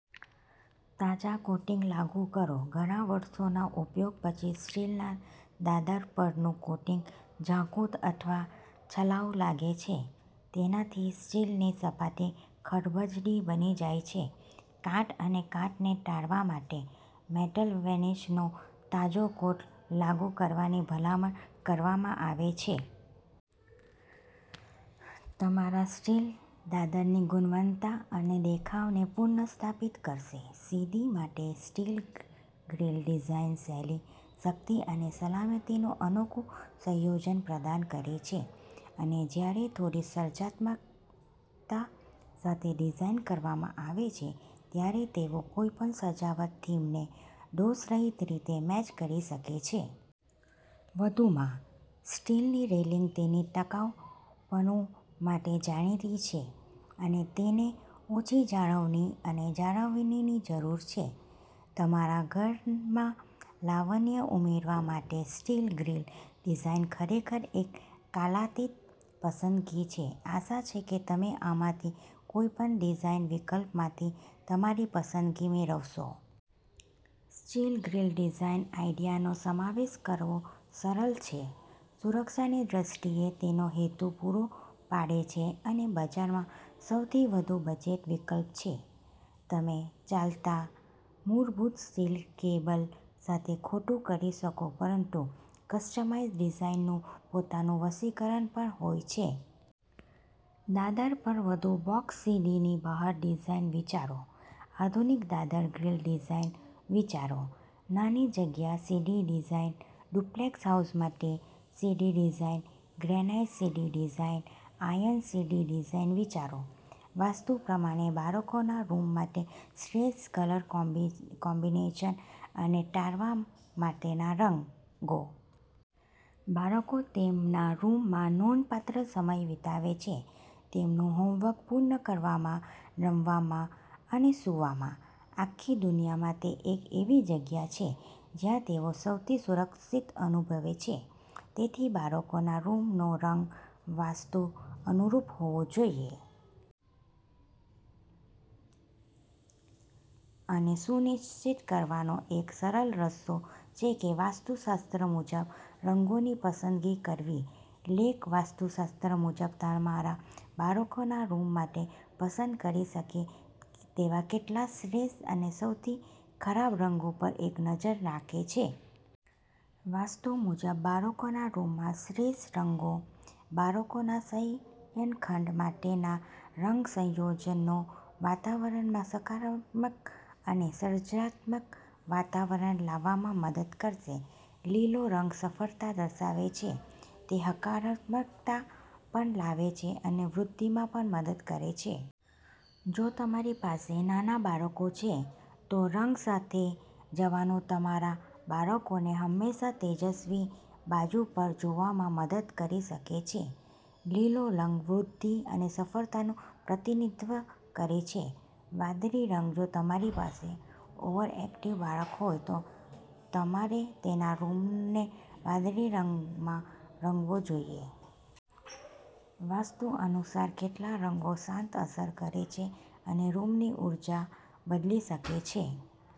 તાજા કોટિંગ્સ લાગુ કરો. ઘણા વર્ષોના ઉપયોગ પછી સ્ટીલના દાદર પરનું કોટિંગ ઝાંખું અથવા છાલવા લાગે છે. તેનાથી સ્ટીલની સપાટી ખરબચડી બની જાય છે. કાટ અને કાટને ટાળવા માટે, મેટલ વેનિશનો તાજો કોટ લાગુ કરવાની ભલામણ કરવામાં આવે છે. તમારા સ્ટીલ દાદરની ગુણવત્તા અને દેખાવને પુનઃસ્થાપિત કરશે. સીડી માટે સ્ટીલ ગ્રીલ ડિઝાઇન શૈલી, શક્તિ અને સલામતીનું અનોખું સંયોજન પ્રદાન કરે છે. અને જ્યારે થોડી સર્જનાત્મકતા સાથે ડિઝાઇન કરવામાં આવે છે, ત્યારે તેઓ કોઈપણ સજાવટ થીમને દોષરહિત રીતે મેચ કરી શકે છે. વધુમાં, સ્ટીલની રેલિંગ તેની ટકાઉપણું માટે જાણીતી છે અને તેને ઓછી જાળવણી અને જાળવણીની જરૂર છે. તમારા ઘરમાં લાવણ્ય ઉમેરવા માટે સ્ટીલ ગ્રીલ ડિઝાઇન ખરેખર એક કાલાતીત પસંદગી છે. આશા છે કે તમે આમાંથી કોઈપણ ડિઝાઇન વિકલ્પોમાંથી તમારી પસંદગી મેળવશો. સ્ટીલ ગ્રીલ ડિઝાઇન આઇડિયાનો સમાવેશ કરવો સરળ છે. સુરક્ષાની દ્રષ્ટિએ તેનો હેતુ પૂરો પાડે છે અને બજારમાં સૌથી વધુ બજેટ વિકલ્પ છે. તમે ચાલતા મૂળભૂત સ્ટીલ કેબલ સાથે ખોટું કરી શકો પરંતુ કસ્ટમાઇઝ્ડ ડિઝાઇન્સનું પોતાનું વશીકરણ પણ હોય છે. દાદર પર વધુ બ્લોગ્સ સીડીની બહાર ડિઝાઇન વિચારો. આધુનિક દાદર ગ્રીલ ડિઝાઇન વિચારો. નાની જગ્યા સીડી ડિઝાઇન, ડુપ્લેક્સ હાઉસ માટે સીડી ડિઝાઇન, ગ્રેનાઈટ સીડી ડિઝાઇન, આયર્ન સીડી ડિઝાઇન વિચારો. વાસ્તુ પ્રમાણે બાળકોના રૂમ માટે શ્રેષ્ઠ કલર કોમ્બિનેશન અને ટાળવા માટેના રંગો. બાળકો તેમના રૂમમાં નોંધપાત્ર સમય વિતાવે છે. તેમનું હોમવર્ક પૂર્ણ કરવામાં, રમવામાં અને સૂવામાં. આખી દુનિયામાં તે એક એવી જગ્યા છે જ્યાં તેઓ સૌથી સુરક્ષિત અનુભવે છે. તેથી, બાળકોના રૂમનો રંગ વાસ્તુ અનુરૂપ હોવો જોઈએ. આને સુનિશ્ચિત કરવાનો એક સરળ રસ્તો છે કે વાસ્તુશાસ્ત્ર મુજબ રંગોની પસંદગી કરવી. લેખ વાસ્તુશાસ્ત્ર મુજબ તમારા બાળકોના રૂમ માટે પસંદ કરી શકે તેવા કેટલાક શ્રેષ્ઠ અને સૌથી ખરાબ રંગો પર એક નજર નાખે છે. વાસ્તુ મુજબ બાળકોના રૂમના શ્રેષ્ઠ રંગો, બાળકોના શયનખંડ માટેના રંગ સંયોજનો વાતાવરણમાં સકારાત્મક અને સર્જનાત્મક વાતાવરણ લાવવામાં મદદ કરશે. લીલો રંગ સફળતા દર્શાવે છે. તે હકારાત્મકતા પણ લાવે છે અને વૃદ્ધિમાં મદદ કરે છે. જો તમારી પાસે નાના બાળકો છે, તો રંગ સાથે જવાનું તમારા બાળકોને હંમેશા તેજસ્વી બાજુ પર જોવામાં મદદ કરી શકે છે. લીલો રંગ વૃદ્ધિ અને સફળતાનું પ્રતિનિધિત્વ કરે છે. વાદળી રંગ જો તમારી પાસે ઓવરએક્ટિવ બાળક હોય, તો તમારે તેના રૂમને વાદળી રંગમાં રંગવો જોઈએ. વાસ્તુ અનુસાર કેટલાક રંગો શાંત અસર કરે છે અને રૂમની ઊર્જા બદલી શકે છે.